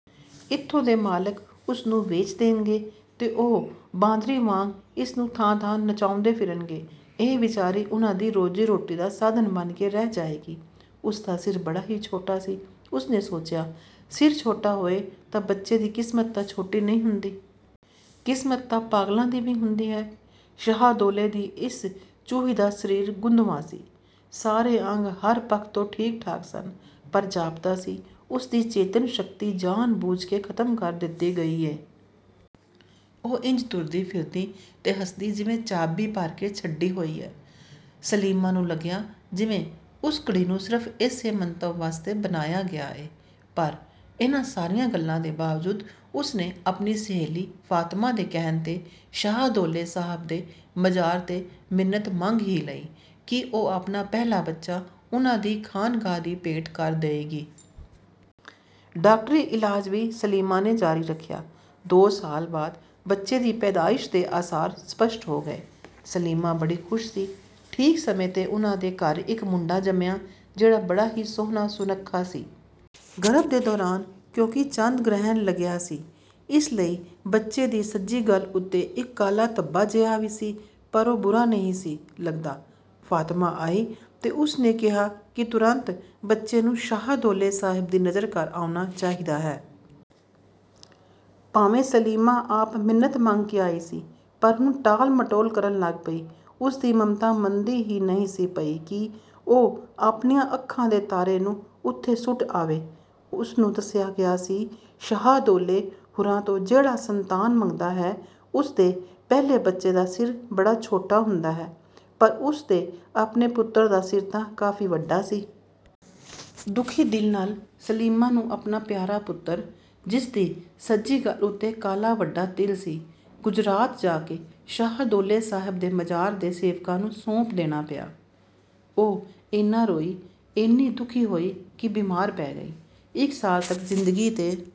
ਇੱਥੋਂ ਦੇ ਮਾਲਕ ਉਸਨੂੰ ਵੇਚ ਦੇਣਗੇ ਤੇ ਉਹ ਬਾਂਦਰੀ ਵਾਂਗ ਇਸਨੂੰ ਥਾਂ-ਥਾਂ ਨਚਾਉਂਦੇ ਫਿਰਨਗੇ। ਇਹ ਵਿਚਾਰੀ ਉਹਨਾਂ ਦੀ ਰੋਜੀ-ਰੋਟੀ ਦਾ ਸਾਧਨ ਬਣ ਕੇ ਰਹਿ ਜਾਏਗੀ। ਉਸਦਾ ਸਿਰ ਬੜਾ ਹੀ ਛੋਟਾ ਸੀ। ਉਸਨੇ ਸੋਚਿਆ, ਸਿਰ ਛੋਟਾ ਹੋਏ ਤਾਂ ਬੱਚੇ ਦੀ ਕਿਸਮਤ ਤਾਂ ਛੋਟੀ ਨਹੀਂ ਹੁੰਦੀ। ਕਿਸਮਤ ਤਾਂ ਪਾਗਲਾਂ ਦੀ ਵੀ ਹੁੰਦੀ ਏ। ਸ਼ਾਹਦੌਲੇ ਦੀ ਇਸ ਚੂਹੀ ਦਾ ਸਰੀਰ ਗੁੰਦਵਾਂ ਸੀ। ਸਾਰੇ ਅੰਗ ਹਰ ਪੱਖ ਤੋਂ ਠੀਕ-ਠਾਕ ਸਨ, ਪਰ ਜਾਪਦਾ ਸੀ ਉਸਦੀ ਚੇਤਨ-ਸ਼ਕਤੀ ਜਾਣ ਬੁੱਝ ਕੇ ਖਤਮ ਕਰ ਦਿੱਤੀ ਗਈ ਏ। ਉਹ ਇੰਜ ਤੁਰਦੀ, ਫਿਰਦੀ ਤੇ ਹੱਸਦੀ ਜਿਵੇਂ ਚਾਬੀ ਭਰ ਕੇ ਛੱਡੀ ਹੋਈ ਹੋਏ। ਸਲੀਮਾ ਨੂੰ ਲੱਗਿਆ ਜਿਵੇਂ ਉਸ ਕੁੜੀ ਨੂੰ ਸਿਰਫ ਏਸੇ ਮੰਤਵ ਵਾਸਤੇ ਬਣਾਇਆ ਗਿਆ ਏ। ਪਰ ਇਹਨਾਂ ਸਾਰੀਆਂ ਗੱਲਾਂ ਦੇ ਬਾਵਜੂਦ ਉਸਨੇ ਆਪਣੀ ਸਹੇਲੀ ਫਾਤਮਾ ਦੇ ਕਹਿਣ ਤੇ ਸ਼ਹਦੌਲੇ ਸਾਹਬ ਦੇ ਮਜਾਰ ਤੇ ਮਿੰਨਤ ਮੰਗ ਹੀ ਲਈ ਕਿ ਉਹ ਆਪਣਾ ਪਹਿਲਾ ਬੱਚਾ ਉਹਨਾਂ ਦੀ ਖਾਨਗਾਹ ਦੀ ਭੇਂਟ ਕਰ ਦਏਗੀ। ਡਾਕਟਰੀ ਇਲਾਜ਼ ਵੀ ਸਲੀਮਾ ਨੇ ਜਾਰੀ ਰੱਖਿਆ। ਦੋ ਸਾਲ ਬਾਅਦ ਬੱਚੇ ਦੀ ਪੈਦਾਇਸ਼ ਦੇ ਆਸਾਰ ਸਪਸ਼ਟ ਹੋ ਗਏ। ਸਲੀਮਾ ਬੜੀ ਖੁਸ਼ ਸੀ। ਠੀਕ ਸਮੇਂ ਤੇ ਉਹਨਾਂ ਦੇ ਘਰ ਇਕ ਮੁੰਡਾ ਜੰਮਿਆਂ, ਜਿਹੜਾ ਬੜਾ ਹੀ ਸੋਹਣਾ-ਸੁੱਨਖਾ ਸੀ। ਗਰਭ ਦੇ ਦੌਰਾਨ ਕਿਉਂਕਿ ਚੰਦ ਗ੍ਰਹਿਣ ਲੱਗਿਆ ਸੀ, ਇਸ ਲਈ ਬੱਚੇ ਦੀ ਸੱਜੀ ਗੱਲ੍ਹ ਉੱਤੇ ਇਕ ਕਾਲਾ ਧੱਬਾ ਜਿਹਾ ਵੀ ਸੀ, ਪਰ ਉਹ ਬੁਰਾ ਨਹੀਂ ਸੀ ਲੱਗਦਾ। ਫਾਤਮਾ ਆਈ ਤੇ ਉਸਨੇ ਕਿਹਾ ਕਿ 'ਤੁਰੰਤ ਬੱਚੇ ਨੂੰ ਸ਼ਾਹਦੌਲੇ ਸਾਹਬ ਦੀ ਨਜ਼ਰ ਕਰ ਆਉਣਾ ਚਾਹੀਦਾ ਹੈ।' ਭਾਵੇਂ ਸਲੀਮਾ ਆਪ ਮਿੰਨਤ ਮੰਗ ਕੇ ਆਈ ਸੀ, ਪਰ ਹੁਣ ਟਾਲ-ਮਟੋਲ ਕਰਨ ਲੱਗ ਪਈ। ਉਸਦੀ ਮਮਤਾ ਮੰਨਦੀ ਹੀ ਨਹੀਂ ਸੀ ਪਈ ਕਿ ਉਹ ਆਪਣੀਆਂ ਅੱਖਾਂ ਦੇ ਤਾਰੇ ਨੂੰ ਉੱਥੇ ਸੁੱਟ ਆਵੇ। ਉਸਨੂੰ ਦੱਸਿਆ ਗਿਆ ਸੀ, ਸ਼ਾਹਦੌਲੇ ਹੁਰਾਂ ਤੋਂ ਜਿਹੜਾ ਸੰਤਾਨ ਮੰਗਦਾ ਹੈ, ਉਸਦੇ ਪਹਿਲੇ ਬੱਚੇ ਦਾ ਸਿਰ ਬੜਾ ਛੋਟਾ ਹੁੰਦਾ ਹੈ, ਪਰ ਉਸਦੇ ਆਪਣੇ ਪੁੱਤਰ ਦਾ ਸਿਰ ਤਾਂ ਕਾਫੀ ਵੱਡਾ ਸੀ। ਦੁਖੀ ਦਿਲ ਨਾਲ ਸਲੀਮਾ ਨੂੰ ਆਪਣਾ ਪਿਆਰਾ ਪੁੱਤਰ, ਜਿਸਦੀ ਸੱਜੀ ਗੱਲ੍ਹ ਉੱਤੇ ਕਾਲਾ ਵੱਡਾ ਤਿਲ ਸੀ, ਗੁਜਰਾਤ ਜਾ ਕੇ ਸ਼ਾਹਦੌਲੇ ਸਾਹਬ ਦੇ ਮਜ਼ਾਰ ਦੇ ਸੇਵਕਾਂ ਨੂੰ ਸੌਂਪ ਦੇਣਾ ਪਿਆ। ਉਹ ਏਨਾ ਰੋਈ, ਏਨੀ ਦੁਖੀ ਹੋਈ ਕਿ ਬੀਮਾਰ ਪੈ ਗਈ। ਇਕ ਸਾਲ ਤਕ ਜ਼ਿੰਦਗੀ ਤੇ